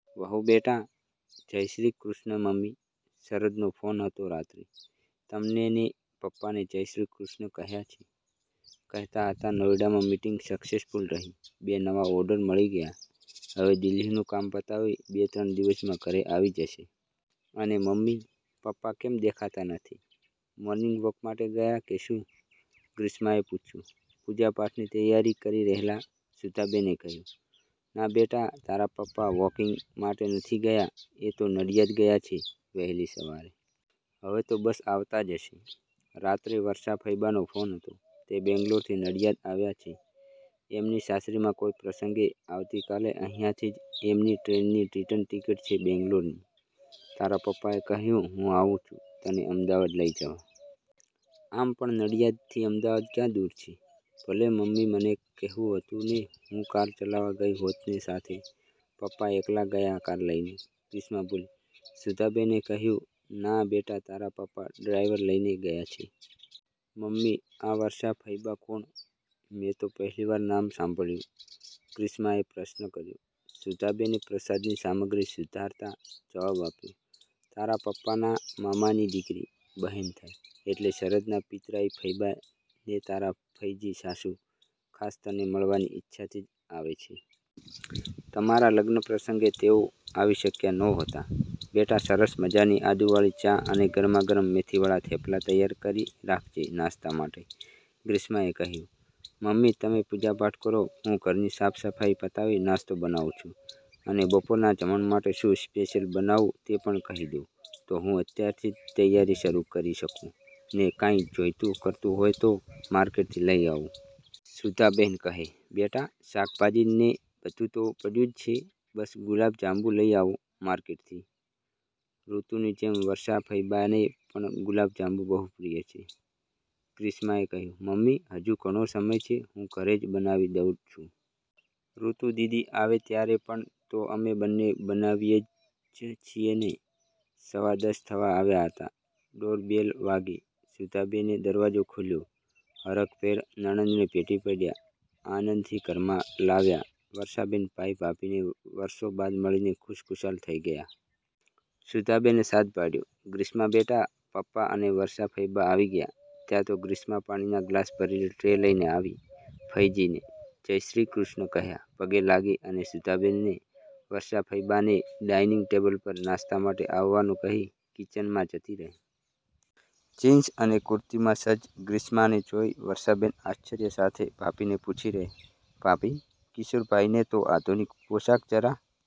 વહુબેટા; "જય શ્રી કૃષ્ણ મમ્મી, શરદનો ફોન હતો રાત્રે, તમને ને પપ્પાને જય શ્રી કૃષ્ણ કહ્યાં છે. કહેતા હતા નોઇડામા મિટીંગ સક્સેસફૂલ રહી. બે નવા ઓર્ડર મળી ગયા, હવે દિલ્હીનું કામ પતાવી બે ત્રણ દિવસમાં ઘરે આવી જશે. અને મમ્મી, પપ્પા કેમ દેખાતા નથી? મોર્નિંગવોક માટે ગયા કે શું?" ગ્રીષ્માએ પુછ્યું. પુજાપાઠની તૈયારી કરી રહેલા સુધાબેને કહ્યું,"ના બેટા તારા પપ્પા વોકિંગ માટે નથી ગયા, એ તો નડિયાદ ગયા છે વહેલી સવારે. હવે તો બસ આવતા જ હશે. રાત્રે વર્ષા ફઇબાનો ફોન હતો. તે બેંગ્લોરથી નડિયાદ આવ્યા છે. એમની સાસરીમા કોઇ પ્રસંગે, આવતી કાલે અહીંયાથી જ એમની ટ્રેનની રીટર્ન ટિકિટ છે બેંગ્લોરની. તારા પપ્પાએ કહ્યું હું આવું છું તને અમદાવાદ લઈ જવા. આમ પણ નડિયાદ થી અમદાવાદ ક્યાં દુર છે?" "ભલે મમ્મી મને કહેવું હતું ને હું કાર ચલાવા ગઇ હોતને સાથે, પપ્પા એકલા ગયા કાર લઈને?" ગ્રીષ્મા બોલી. સુધાબેને કહ્યું,"ના બેટા તારા પપ્પા ડ્રાઇવર લઇને ગયા છે." "મમ્મી આ વર્ષા ફઇબા કોણ? મેં તો પહેલીવાર નામ સાંભળ્યુ." ગ્રીષ્માએ પ્રશ્ન કર્યો. સુધાબેને પ્રસાદની સામગ્રી સુધારતા જવાબ આપ્યો, "તારા પપ્પાના મામાની દીકરી, બહેન થાય. એટલે શરદના પિતરાઈ ફઇબા ને તારા ફઇજી સાસુ, ખાસ તને મળવાની ઇચ્છાથી જ આવે છે. તમારા લગ્નપ્રસંગે તેઓ આવી શક્યા નહોતા. બેટા સરસ મજાની આદુવાળી ચા અને ગરમાગરમ મેથીવાળા થેપલા તૈયાર કરી રાખજે નાસ્તા માટે." ગ્રીષ્મા એ કહ્યુ,"મમ્મી તમે પુજાપાઠ કરો, હું ઘરની સાફસફાઈ પતાવી નાસ્તો બનાવું છું, અને બપોરના જમણ માટે શું સ્પેશિયલ બનાવું તે પણ કહી દો તો હું અત્યારથી તૈયારી શરૂ કરી શકું, ને કાંઈ જોઇતું કરતું હોય તો માર્કેટથી લઇ આવું." સુધાબેન કહે,"બેટા શાકભાજી ને બધું તો પડ્યું જ છે. બસ ગુલાબજાંબુ લઇ આવો માર્કેટથી, ૠતુની જેમ વર્ષાફઇબાને પણ ગુલાબજાંબુ બહુ પ્રિય છે." ગ્રીષ્માએ કહ્યુ,"મમ્મી હજુ ઘણો સમય છે. હું ઘરે જ બનાવી દઉં છું. ૠતુદીદી આવે ત્યારે પણ તો અમે બંને બનાવીએ જ છીએને." સવા દશ થવા આવ્યા હતા, ડોરબેલ વાગી. સુધાબેને દરવાજો ખોલ્યો, હરખભેર નણંદને ભેટી પડ્યા. આનંદથી ઘરમાં લાવ્યા. વર્ષાબેન ભાઈ-ભાભીને વરસો બાદ મળીને ખુશખુશાલ થઈ ગયા. સુધાબેને સાદ પાડ્યો,"ગ્રીષ્માબેટા, પપ્પા અને વર્ષાફઇબા આવી ગયા." ત્યાં તો ગ્રીષ્મા પાણીના ગ્લાસ ભરેલી ટ્રે લઇને આવી, ફઇજીને 'જયશ્રીકૃષ્ણ' કહ્યા, પગે લાગી અને સુધાબેનને, વર્ષાફઇબાને ડાઇનિંગ ટેબલ પર નાસ્તા માટે આવવાનું કહી કિચનમા જતી રહી. જીન્સ અને કુર્તીમા સજજ ગ્રીષ્માને જોઈ વર્ષાબેન આશ્ચર્ય સાથે ભાભીને પુછી રહ્યા,"ભાભી કિશોરભાઈને તો આધુનિક પોશાક જરા